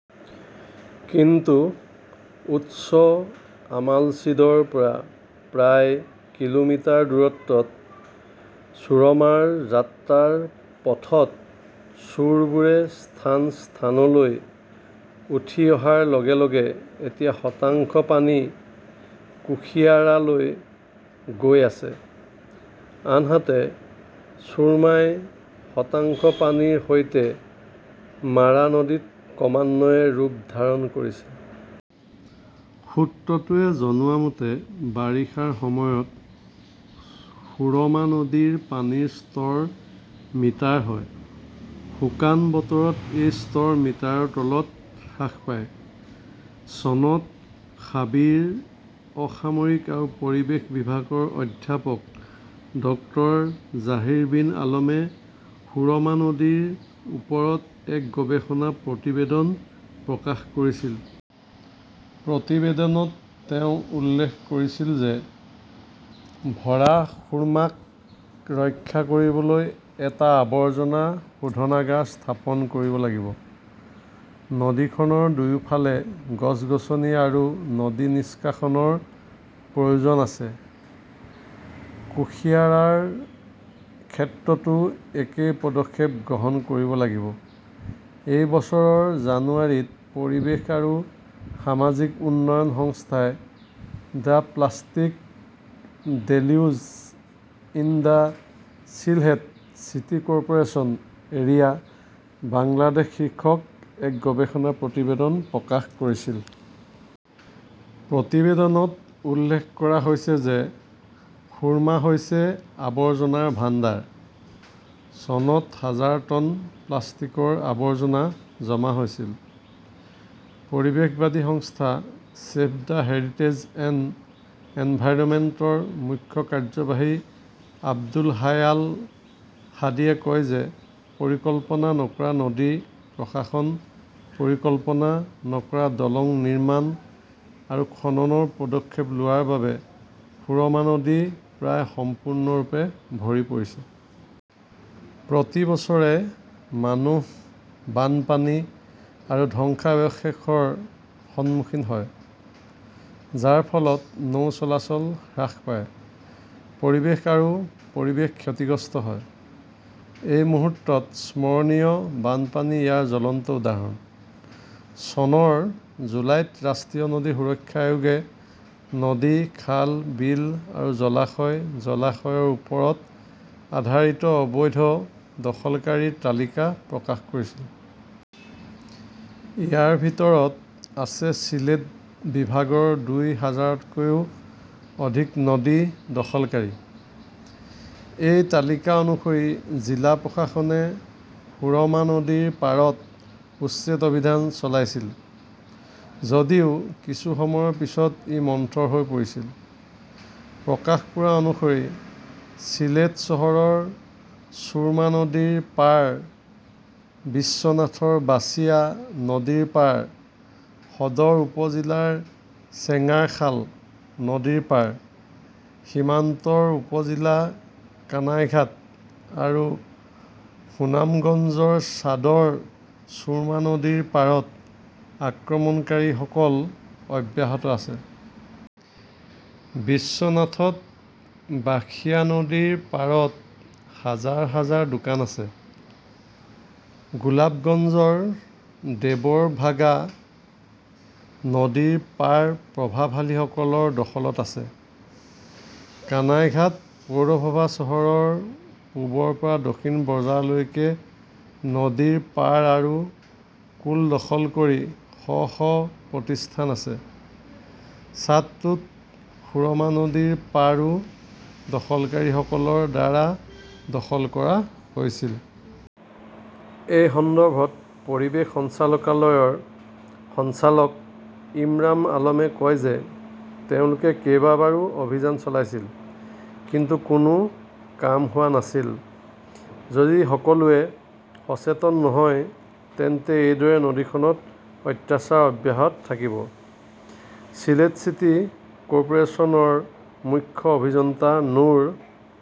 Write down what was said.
কিন্তু উৎস অমালছিদৰ পৰা প্ৰায় কিলোমিটাৰ দূৰত্বত সুৰমাৰ যাত্ৰাৰ পথত চোৰবোৰে স্থান-স্থানলৈ উঠি অহাৰ লগে লগে এতিয়া শতাংশ পানী কুশিয়াৰালৈ গৈ আছে। আনহাতে সুৰ্মাই শতাংশ পানীৰ সৈতে মাৰা নদীত ক্ৰমান্বয়ে ৰূপ ধাৰণ কৰিছে। সূত্ৰটোৱে জনোৱা মতে, বাৰিষাৰ সময়ত সুৰমা নদীৰ পানীৰ স্তৰ মিটাৰ হয়। শুকান বতৰত এই স্তৰ মিটাৰৰ তলত হ্ৰাস পায়। চনত শাবিৰ অসামৰিক আৰু পৰিৱেশ বিভাগৰ অধ্যাপক ড জাহিৰ বিন আলমে সুৰমা নদীৰ ওপৰত এক গৱেষণা প্ৰতিবেদন প্ৰকাশ কৰিছিল। প্ৰতিবেদনত তেওঁ উল্লেখ কৰিছিল যে ভৰা সুৰ্মাক ৰক্ষা কৰিবলৈ এটা আৱৰ্জনা শোধনাগাৰ স্থাপন কৰিব লাগিব। নদীখনৰ দুয়োফালে গছ-গছনি আৰু নদী নিষ্কাশনৰ প্ৰয়োজন আছে। কুশিয়াৰাৰ ক্ষেত্ৰতো একেই পদক্ষেপ গ্ৰহণ কৰিব লাগিব। এই বছৰৰ জানুৱাৰীত পৰিৱেশ আৰু সামাজিক উন্নয়ন সংস্থাই "the plastic deluge in the Sylhet city corporation area, Bangladesh" শীৰ্ষক এক গৱেষণা প্ৰতিবেদন প্ৰকাশ কৰিছিল। প্ৰতিবেদনত উল্লেখ কৰা হৈছে যে সুৰ্মা হৈছে আৱৰ্জনাৰ ভাণ্ডাৰ। চনত হাজাৰ টন প্লাষ্টিকৰ আৱৰ্জনা জমা হৈছিল। পৰিৱেশবাদী সংস্থা ছেভ দ্য হেৰিটেজ এণ্ড এনভাইৰনমেণ্টৰ মুখ্য কাৰ্যবাহী আব্দুল হাই আল হাদীয়ে কয় যে পৰিকল্পনা নকৰা নদী প্ৰশাসন, পৰিকল্পনা নকৰা দলং নিৰ্মাণ আৰু খননৰ পদক্ষেপ লোৱাৰ বাবে সুৰমা নদী প্ৰায় সম্পূৰ্ণৰূপে ভৰি পৰিছে। প্ৰতি বছৰে মানুহ বানপানী আৰু ধ্বংসাৱশেষৰ সন্মুখীন হয়, যাৰ ফলত নৌ-চলাচল হ্ৰাস পায়। পৰিৱেশ আৰু পৰিৱেশ ক্ষতিগ্ৰস্ত হৈছে। এই মুহূৰ্তত স্মৰণীয় বানপানী ইয়াৰ জ্বলন্ত উদাহৰণ। চনৰ জুলাইত ৰাষ্ট্ৰীয় নদী সুৰক্ষা আয়োগে নদী, খাল-বিল আৰু জলাশয়-জলাশয়ৰ ওপৰত আধাৰিত অবৈধ দখলকাৰীৰ তালিকা প্ৰকাশ কৰিছিল। ইয়াৰ ভিতৰত আছে চিলেট বিভাগৰ দুই হাজাৰতকৈও অধিক নদী দখলকাৰী। এই তালিকা অনুসৰি জিলা প্ৰশাসনে সুৰমা নদীৰ পাৰত উচ্ছেদ অভিযান চলাইছিল যদিও কিছু সময়ৰ পিছত ই মন্থৰ হৈ পৰিছিল। প্ৰকাশ পোৱা অনুসৰি শ্বিলেট চহৰৰ ছুৰমা নদীৰ পাৰ, বিশ্বনাথৰ বাচিয়া নদীৰ পাৰ, সদৰ উপ-জিলাৰ চেঙ্গাৰখাল নদীৰ পাৰ, সীমান্তৰ উপ-জিলা কানাইঘাট আৰু সুনামগঞ্জৰ ছাদৰ চুৰমা নদীৰ পাৰত আক্ৰমণকাৰীসকল অব্যাহত আছে। বিশ্বনাথত বাসিয়া নদীৰ পাৰত হাজাৰ হাজাৰ দোকান আছে। গুলাবগঞ্জৰ দেৱৰভাগা নদীৰ পাৰ প্ৰভাৱশালীসকলৰ দখলত আছে। কানাইঘাট পৌৰসভা চহৰৰ পূবৰ পৰা দক্ষিণ বজাৰলৈকে নদীৰ পাৰ আৰু কুল দখল কৰি শ শ প্ৰতিষ্ঠান আছে। ছাদটোত সুৰমা নদীৰ পাৰো দখলকাৰীসকলৰ দ্বাৰা দখল কৰা হৈছিল। এই সন্দৰ্ভত পৰিৱেশ সঞ্চালকালয়ৰ সঞ্চালক ইমৰান আলমে কয় যে তেওঁলোকে কেইবাবাৰো অভিযান চলাইছিল। কিন্তু কোনো কাম হোৱা নাছিল। যদি সকলোৱে সচেতন নহয় তেন্তে এনেদৰেই নদীখনত অত্যাচাৰ অব্যাহত থাকিব। শ্বিলেট চিটি কৰ্পোৰেচনৰ মুখ্য অভিযন্তা নুৰ